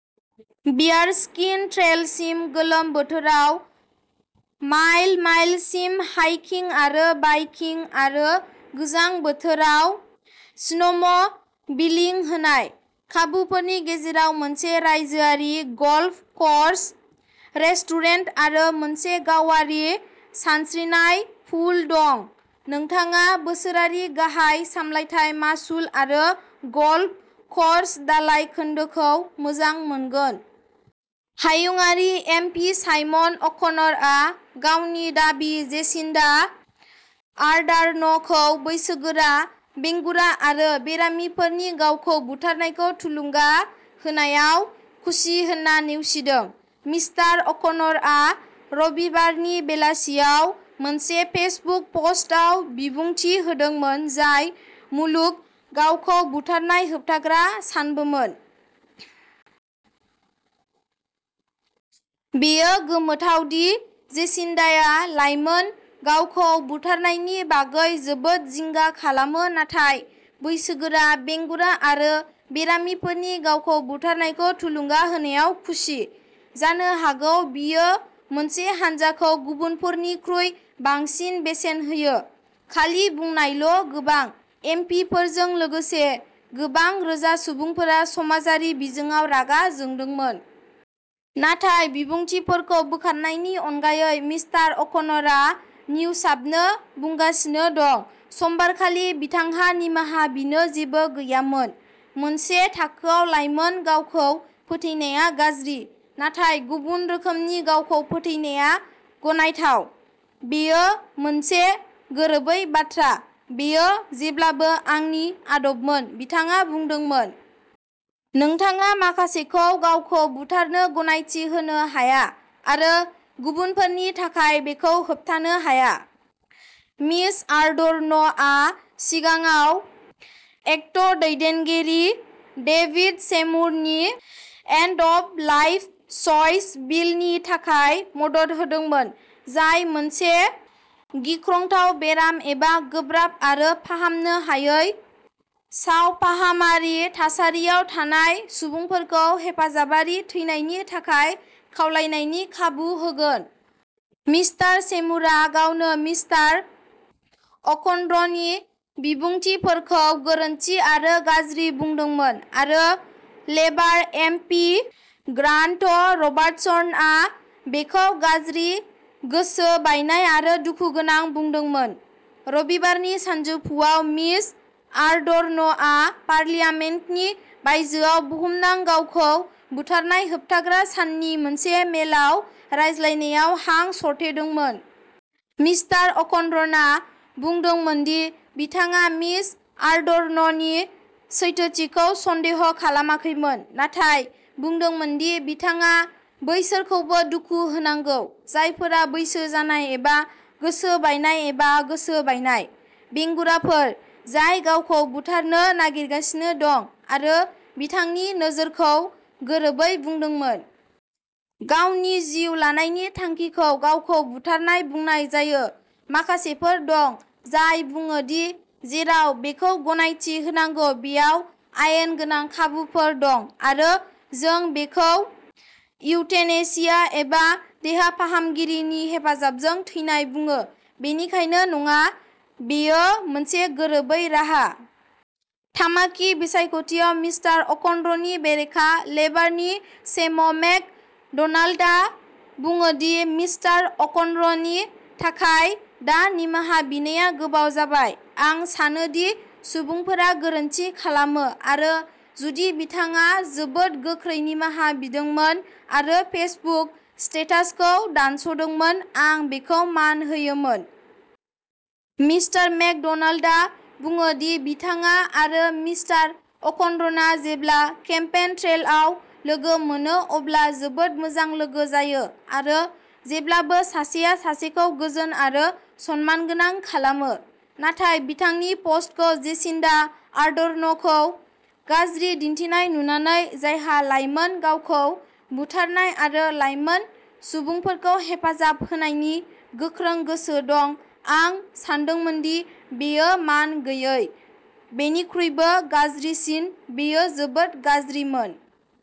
Bearskin ट्रेलसिम-गोलोम बोथोराव mile माइलसिम hiking आरो बाइकिं आरो गोजां बोथोराव स्नोम' बिलिं होनाय। खाबुफोरनि गेजेराव मोनसे रायजोआरि गल्फ कर्स, रेस्टुरेन्ट आरो मोनसे गावारि सानस्रिनाय पुल दं। नोंथाङा बोसोरारि गाहाय सामलायथाय मासुल आरो गल्फ कर्स दालाय खोन्दोखौ मोजां मोनगोन। हायुंआरि एम पि साइमन अ'क'नरआ गावनि दाबि जेसिन्डा आर्डार्नखौ बैसोगोरा, बेंगुरा आरो बेरामिफोरनि गावखौ बुथारनायखौ थुलुंगा होनायाव खुसि होनना नेवसिदों। मिस्टार अ'क'नरआ रबिबारनि बेलासियाव मोनसे फेसबुक पस्टआव बिबुंथि होदोंमोन, जाय मुलुग गावखौ बुथारनाय होबथाग्रा सानबोमोन। बेयो गोमोथाव दि जेसिन्डाआ लाइमोन गावखौ बुथारनायनि बागै जोबोद जिंगा खालामो नाथाय बैसोगोरा, बेंगुरा आरो बेरामिफोरनि गावखौ बुथारनायखौ थुलुंगा होनायाव खुसि। जानो हागौ बियो मोनसे हानजाखौ गुबुनफोरनिख्रुइ बांसिन बेसेन होयो। खालि बुंनायल' गोबां एम पि फोरजों लोगोसे गोबां रोजा सुबुंफोरा समाजारि बिजोङाव रागा जोंदोंमोन। नाथाय बिबुंथिफोरखौ बोखारनायनि अनगायै मिस्टार अ'क'नरआ निउशाबनो बुंगासिनो दं। समबारखालि बिथांहा निमाहा बिनो जेबो गैयामोन। मोनसे थाखोआव लाइमोन गावखौ फोथैनाया गाज्रि, नाथाय गुबुन रोखोमनि गावखौ फोथैनाया गनायथाव, बेयो मोनसे गोरोबै बाथ्रा। बेयो जेब्लाबो आंनि आदबमोन, बिथाङा बुंदोंमोन। नोंथाङा माखासेखौ गावखौ बुथारनो गनायथि होनो हाया आरो गुबुनफोरनि थाखाय बेखौ होबथानो हाया। मिस आर्डर्नआ सिगाङाव एक्ट दैदेनगिरि डेभिड सेमुरनि एन्ड अफ लाइफ च्वाइस बिलनि थाखाय मदद होदोंमोन, जाय मोनसे गिख्रंथाव बेराम एबा गोब्राब आरो फाहामनो हायै सावफाहामारि थासारियाव थानाय सुबुंफोरखौ हेफाजाबारि थैनायनि थाखाय खावलायनायनि खाबु होगोन। मिस्टार सेमुरा गावनो मिस्टार अ'कन'रनि बिबुंथिफोरखौ गोरोन्थि आरो गाज्रि बुंदोंमोन, आरो लेबार एम पि ग्रान्ट रबार्टसनआ बेखौ गाज्रि, गोसो बायनाय आरो दुखुगोनां बुंदोंमोन। रबिबारनि सानजौफुआव मिस आर्डर्नआ पार्लियामेन्टनि बायजोआव बुहुमनां गावखौ बुथारनाय होबथाग्रा साननि मोनसे मेलआव रायज्लायनायाव हां सरथेदोंमोन। मिस्टार अ'कन'रना बुंदोंमोन दि बिथाङा मिस आर्डर्ननि सैथोथिखौ सन्देह खालामाखैमोन, नाथाय बुंदोंमोन दि बिथाङा बैसोरखौबो दुखु होनांगौ जायफोरा बैसो जानाय एबा गोसो बायनाय एबा गोसो बायनाय। बेंगुराफोर जाय गावखौ बुथारनो नागिरगासिनो दं, आरो बिथांनि नोजोरखौ गोरोबै बुंदोंमोन। गावनि जिउ लानायनि थांखिखौ गावखौ बुथारनाय बुंनाय जायो। माखासेफोर दं जाय बुङो दि जेराव बेखौ गनायथि होनांगौ बेयाव आयेन गोनां खाबुफोर दं, आरो जों बेखौ इउथेनेसिया एबा देहा फाहामगिरिनि हेफाजाबजों थैनाय बुङो। बेनिखायनो नङा, बेयो मोनसे गोरोबै राहा। तामाकी बिसायख'थियाव मिस्टार अ'कन'रनि बेरेखा, लेबारनि सेम मेक ड'नाल्डआ बुङो दि मिस्टार अ'कन'रनि थाखाय दा निमाहा बिनाया गोबाव जाबाय। आं सानो दि सुबुंफोरा गोरोन्थि खालामो, आरो जुदि बिथाङा जोबोद गोख्रै निमाहा बिदोंमोन आरो फेसबुक स्टेटासखौ दानस'दोंमोन, आं बेखौ मान होयोमोन। मिस्टार मेक ड'नाल्डआ बुङो दि बिथाङा आरो मिस्टार अ'कन'रना जेब्ला केम्पेइन ट्रेलआव लोगो मोनो अब्ला जोबोद मोजां लोगो जायो, आरो जेब्लाबो सासेया सासेखौ गोजोन आरो सनमानगोनां खालामो। नाथाय बिथांनि प'स्टखौ जेसिन्डा आर्डार्नखौ गाज्रि दिन्थिनाय नुनानै, जायहा लाइमोन गावखौ बुथारनाय आरो लाइमोन सुबुंफोरखौ हेफाजाब होनायनि गोख्रों गोसो दं, आं सानदोंमोन दि बेयो जोबोद मान गैयै। बेनिख्रुइबो गाज्रिसिन, बेयो जोबोद गाज्रिमोन।